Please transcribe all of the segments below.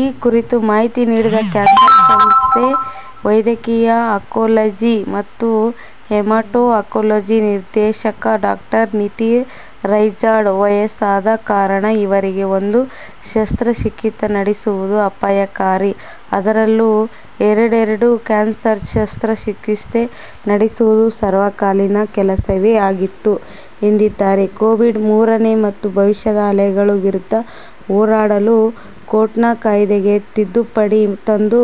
ಈ ಕುರಿತು ಮಾಹಿತಿ ನೀಡಿದ ಕ್ಯಾನ್ಸರ್ ಸಂಸ್ಥೆ ವೈದ್ಯಕೀಯ ಆಂಕೋಲಕಜಿ ಮತ್ತು ಹೆಮಟೋ ಆಂಕೋಲಜಿ ನಿರ್ದೇಶಕ ಡಾಕ್ಟರ್ ನಿತಿ ರೈಜಾಡಾ, ವಯಸ್ಸಾದ ಕಾರಣ ಇವರಿಗೆ ಒಂದು ಶಸ್ತ್ರಚಿಕಿತ್ಸೆ ನಡೆಸುವುದೇ ಅಪಾಯಕಾರಿ. ಅದರಲ್ಲೂ ಎರಡೆರಡು ಕ್ಯಾನ್ಸರ್ ಶಸ್ತ್ರಚಿಕಿತ್ಸೆ ನಡೆಸುವುದು ಸವಾಲಿನ ಕೆಲಸವೇ ಆಗಿತ್ತು ಎಂದಿದ್ದಾರೆ. ಕೋವಿಡ್ ಮೂರನೇ ಮತ್ತು ಭವಿಷ್ಯದ ಅಲೆಗಳ ವಿರುದ್ಧ ಹೋರಾಡಲು ಕೋಟ್ಪಾ ಕಾಯ್ದೆಗೆ ತಿದ್ದುಪಡಿ ತಂದು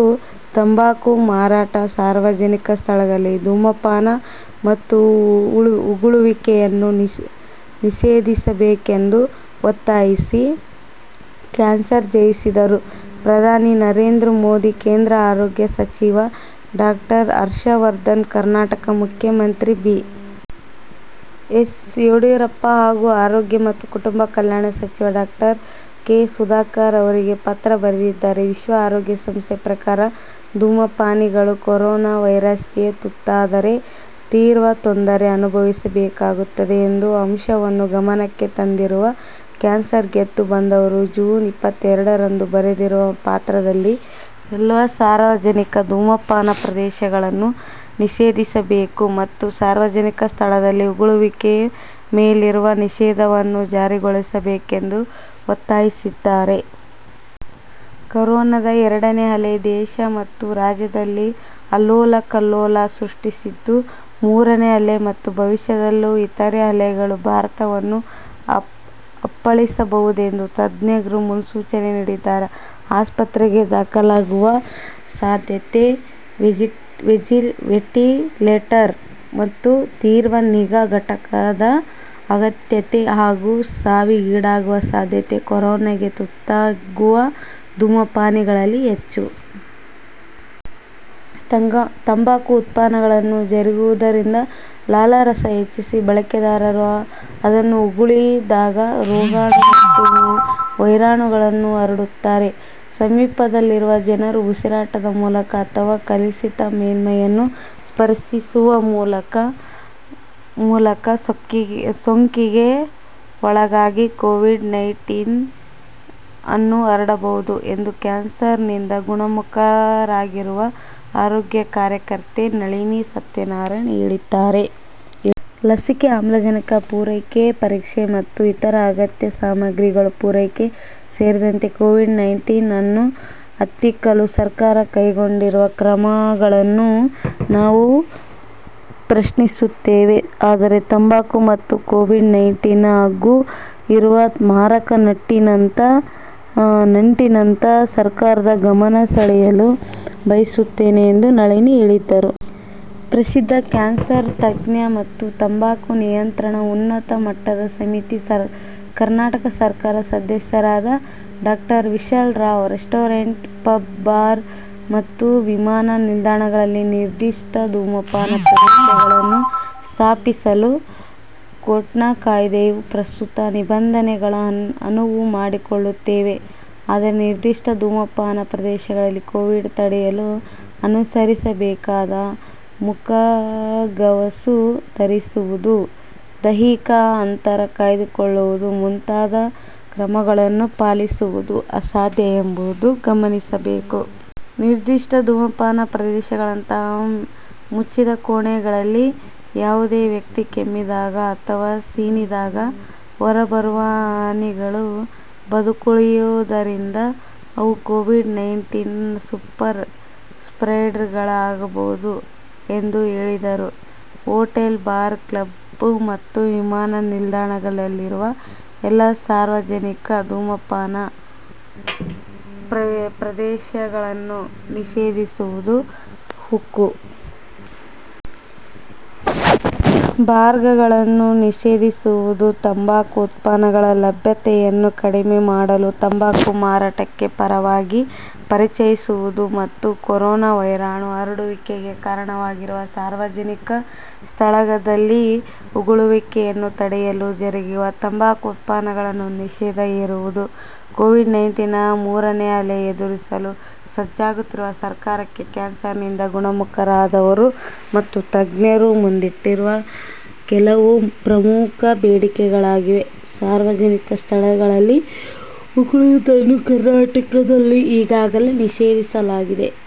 ತಂಬಾಕು ಮಾರಾಟ, ಸಾರ್ವಜನಿಕ ಸ್ಥಳಗಳಲ್ಲಿ ಧೂಮಪಾನ ಮತ್ತು ಉಗುಳುವಿಕೆಯನ್ನು ನಿಷೇಧಿಸಬೇಕೆಂದು ಒತ್ತಾಯಿಸಿ ಕ್ಯಾನ್ಸರ್ ಜಯಿಸಿದವರು ಪ್ರಧಾನಿ ನರೇಂದ್ರ ಮೋದಿ, ಕೇಂದ್ರ ಆರೋಗ್ಯ ಸಚಿವ ಡಾಕ್ಟರ್ ಹರ್ಷವರ್ಧನ್, ಕರ್ನಾಟಕದ ಮುಖ್ಯಮಂತ್ರಿ ಬಿ. ಎಸ್. ಯಡಿಯೂರಪ್ಪ ಹಾಗು ಆರೋಗ್ಯ ಮತ್ತು ಕುಟುಂಬ ಕಲ್ಯಾಣ ಸಚಿವ ಡಾಕ್ಟರ್ ಕೆ. ಸುಧಾಕರ್ ಅವರಿಗೆ ಪತ್ರ ಬರೆದಿದ್ದಾರೆ. ವಿಶ್ವ ಆರೋಗ್ಯ ಸಂಸ್ಥೆ ಪ್ರಕಾರ ಧೂಮಪಾನಿಗಳು ಕೊರೊನ ವೈರಸ್ ಗೆ ತುತ್ತಾದರೆ ತೀವ್ರ ತೊಂದರೆ ಅನುಭವಿಸಬೇಕಾಗುತ್ತದೆ ಎಂಬ ಅಂಶವನ್ನು ಗಮನಕ್ಕೆ ತಂದಿರುವ ಕ್ಯಾನ್ಸರ್ ಗೆದ್ದು ಬಂದವರು, ಜೂನ್ ಇಪ್ಪತ್ತೆರಡರಂದು ಬರೆದಿರುವ ಪತ್ರದಲ್ಲಿ ಎಲ್ಲ ಸಾರ್ವಜನಿಕ ಧೂಮಪಾನ ಪ್ರದೇಶಗಳನ್ನು ನಿಷೇಧಿಸಬೇಕು ಮತ್ತು ಸಾರ್ವಜನಿಕ ಸ್ಥಳದಲ್ಲಿ ಉಗುಳುವಿಕೆ ಮೇಲಿರುವ ನಿಷೇಧವನ್ನು ಜಾರಿಗೊಳಿಸಬೇಕೆಂದು ಒತ್ತಾಯಿಸಿದ್ದಾರೆ. ಕೊರೊನದ ಎರಡನೇ ಅಲೆ ದೇಶ ಮತ್ತು ರಾಜ್ಯದಲ್ಲಿ ಅಲ್ಲೋಲಕಲ್ಲೋಲ ಸೃಷ್ಟಿಸಿದ್ದು, ಮೂರನೇ ಅಲೆ ಮತ್ತು ಭವಿಷ್ಯದಲ್ಲೂ ಇತರೆ ಅಲೆಗಳು ಭಾರತವನ್ನು ಅಪ್ಪಳಿಸಬಹುದೆಂದು ತಜ್ಞರು ಮುನ್ಸೂಚನೆ ನೀಡಿದ್ದಾರೆ. ಆಸ್ಪತ್ರೆಗೆ ದಾಖಲಾಗುವ ಸಾಧ್ಯತೆ, ವೆಂಟಿಲೇಟರ್ ಮತ್ತು ತೀವ್ರ ನಿಗಾ ಘಟಕದ ಅಗತ್ಯತೆ, ಹಾಗು ಸಾವಿಗೀಡಾಗುವ ಸಾಧ್ಯತೆ ಕೊರೋನಾಗೆ ತುತ್ತಾಗುವ ಧೂಮಪಾನಿಗಳಲ್ಲಿ ಹೆಚ್ಚು. ತಂಬಾಕು ಉತ್ಪನ್ನಗಳನ್ನು ಜಗಿಯುವುದರಿಂದ ಲಾಲಾರಸ ಹೆಚ್ಚಿ ಬಳಕೆದಾರರು ಅದನ್ನು ಉಗುಳಿದಾಗ ರೋಗಾಣು ಮತ್ತು ವೈರಾಣುಗಳನ್ನು ಹರಡುತ್ತಾರೆ. ಸಮೀಪದಲ್ಲಿರುವ ಜನರು ಉಸಿರಾಟದ ಮೂಲಕ ಅಥವಾ ಕಲುಷಿತ ಮೇಲ್ಮೈಯನ್ನು ಸ್ಪರ್ಶಿಸುವ ಮೂಲಕ ಸೋಂಕಿಗೆ ಒಳಗಾಗಿ ಕೋವಿಡ್ ನೈಂಟೀನ್ ಅನ್ನು ಹರಡಬಹುದು ಎಂದು ಕ್ಯಾನ್ಸರ್ ನಿಂದ ಗುಣಮುಖರಾಗಿರುವ ಆರೋಗ್ಯ ಕಾರ್ಯಕರ್ತೆ ನಳಿನಿ ಸತ್ಯನಾರಾಯಣ ಹೇಳಿದರು. ಲಸಿಕೆ, ಆಮ್ಲಜನಕ ಪೂರೈಕೆ, ಪರೀಕ್ಷೆ ಮತ್ತು ಇತರ ಅಗತ್ಯ ಸಾಮಗ್ರಿಗಳ ಪೂರೈಕೆ ಸೇರಿದಂತೆ ಕೋವಿಡ್ ನೈಂಟೀನ್ ಅನ್ನು ಹತ್ತಿಕ್ಕಲು ಸರ್ಕಾರ ಕೈಗೊಂಡಿರುವ ಕ್ರಮಗಳನ್ನು ನಾವು ಪ್ರಶಂಸಿಸುತ್ತೇವೆ. ಆದರೆ, ತಂಬಾಕು ಮತ್ತು ಕೋವಿಡ್ ನೈಂಟೀನ್ ಗೂ ಇರುವ ಮಾರಕ ನಂಟಿನತ್ತ ಸರ್ಕಾರದ ಗಮನ ಸೆಳೆಯಲು ಬಯಸುತ್ತೇವೆ ಎಂದೂ ನಳಿನಿ ಹೇಳಿದರು. ಪ್ರಸಿದ್ಧ ಕ್ಯಾನ್ಸರ್ ತಜ್ಞ ಮತ್ತು ತಂಬಾಕು ನಿಯಂತ್ರಣ ಉನ್ನತ ಮಟ್ಟದ ಸಮಿತಿ, ಕರ್ನಾಟಕ ಸರ್ಕಾರ, ಸದಸ್ಯರಾದ doctor Vishal Rao, restaurant, pub, bar ಮತ್ತು ವಿಮಾನ ನಿಲ್ದಾಣಗಳಲ್ಲಿ ನಿರ್ದಿಷ್ಟ ಧೂಮಪಾನ ಪ್ರದೇಶಗಳನ್ನು ಸ್ಥಾಪಿಸಲು ಕೋಟ್ಪಾ ಕಾಯ್ದೆಯ ಪ್ರಸ್ತುತ ನಿಬಂಧನೆಗಳು ಅನುವು ಮಾಡಿಕೊಡುತ್ತವೆ. ಆದರೆ, ನಿರ್ದಿಷ್ಟ ಧೂಮಪಾನ ಪ್ರದೇಶಗಳಲ್ಲಿ ಕೋವಿಡ್ ತಡೆಯಲು ಅನುಸರಿಸಬೇಕಾದ ಮುಖಗವಸು ಧರಿಸುವುದು, ದೈಹಿಕ ಅಂತರ ಕಾಯ್ದುಕೊಳ್ಳುವುದು ಮುಂತಾದ ಕ್ರಮಗಳನ್ನು ಪಾಲಿಸುವುದು ಅಸಾಧ್ಯ ಎಂಬುದನ್ನು ಗಮನಿಸಬೇಕು. ನಿರ್ದಿಷ್ಟ ಧೂಮಪಾನ ಪ್ರದೇಶಗಳಂತಹ ಮುಚ್ಚಿದ ಕೋಣೆಗಳಲ್ಲಿ ಯಾವುದೇ ವ್ಯಕ್ತಿ ಕೆಮ್ಮಿದಾಗ ಅಥವ ಸೀನಿದಾಗ ಹೊರಬರುವ ಹನಿಗಳು ಬದುಕುಳಿಯುವುದರಿಂದ ಅವು ಕೋವಿಡ್ ನೈಂಟೀನ್ ನ ಸೂಪರ್ ಸ್ಪ್ರೆಡರ್ಗಳಾಗಬಹುದು, ಎಂದು ಹೇಳಿದರು. ಹೋಟೆಲ್, ಬಾರ್, ಕ್ಲಬ್ ಮತ್ತು ವಿಮಾನ ನಿಲ್ದಾಣಗಳಲ್ಲಿರುವ ಎಲ್ಲ ಸಾರ್ವಜನಿಕ ಧೂಮಪಾನ ಪ್ರದೇಶಗಳನ್ನು ನಿಷೇಧಿಸುವುದು, ಹುಕ್ಕಾ ಬಾರ್ಗಳನ್ನು ನಿಷೇಧಿಸುವುದು, ತಂಬಾಕು ಉತ್ಪನ್ನಗಳ ಲಭ್ಯತೆಯನ್ನು ಕಡಿಮೆ ಮಾಡಲು ತಂಬಾಕು ಮಾರಾಟಕ್ಕೆ ಪರವಾನಗಿ ಪರಿಚಯಿಸುವುದು ಮತ್ತು ಕೊರೊನ ವೈರಾಣು ಹರಡುವಿಕೆಗೆ ಕಾರಣವಾಗಿರುವ ಸಾರ್ವಜನಿಕ ಸ್ಥಳದಲ್ಲಿ ಉಗುಳುವಿಕೆಯನ್ನು ತಡೆಯಲು ಜಗಿಯುವ ತಂಬಾಕು ಉತ್ಪನ್ನಗಳನ್ನು ನಿಷೇಧ ಹೇರುವುದು ಕೋವಿಡ್ ನೈಂಟೀನ್ ರ ಮೂರನೇ ಅಲೆ ಎದುರಿಸಲು ಸಜ್ಜಾಗುತ್ತಿರುವ ಸರ್ಕಾರಕ್ಕೆ ಕ್ಯಾನ್ಸರ್ ನಿಂದ ಗುಣಮುಖರಾದವರು ಮತ್ತು ತಜ್ಞರು ಮುಂದಿಟ್ಟಿರುವ ಕೆಲವು ಪ್ರಮುಖ ಬೇಡಿಕೆಗಳಾಗಿವೆ. ಸಾರ್ವಜನಿಕ ಸ್ಥಳಗಳಲ್ಲಿ ಉಗುಳುವುದನ್ನು ಕರ್ನಾಟಕದಲ್ಲಿ ಈಗಾಗಲೇ ನಿಷೇಧಿಸಲಾಗಿದೆ.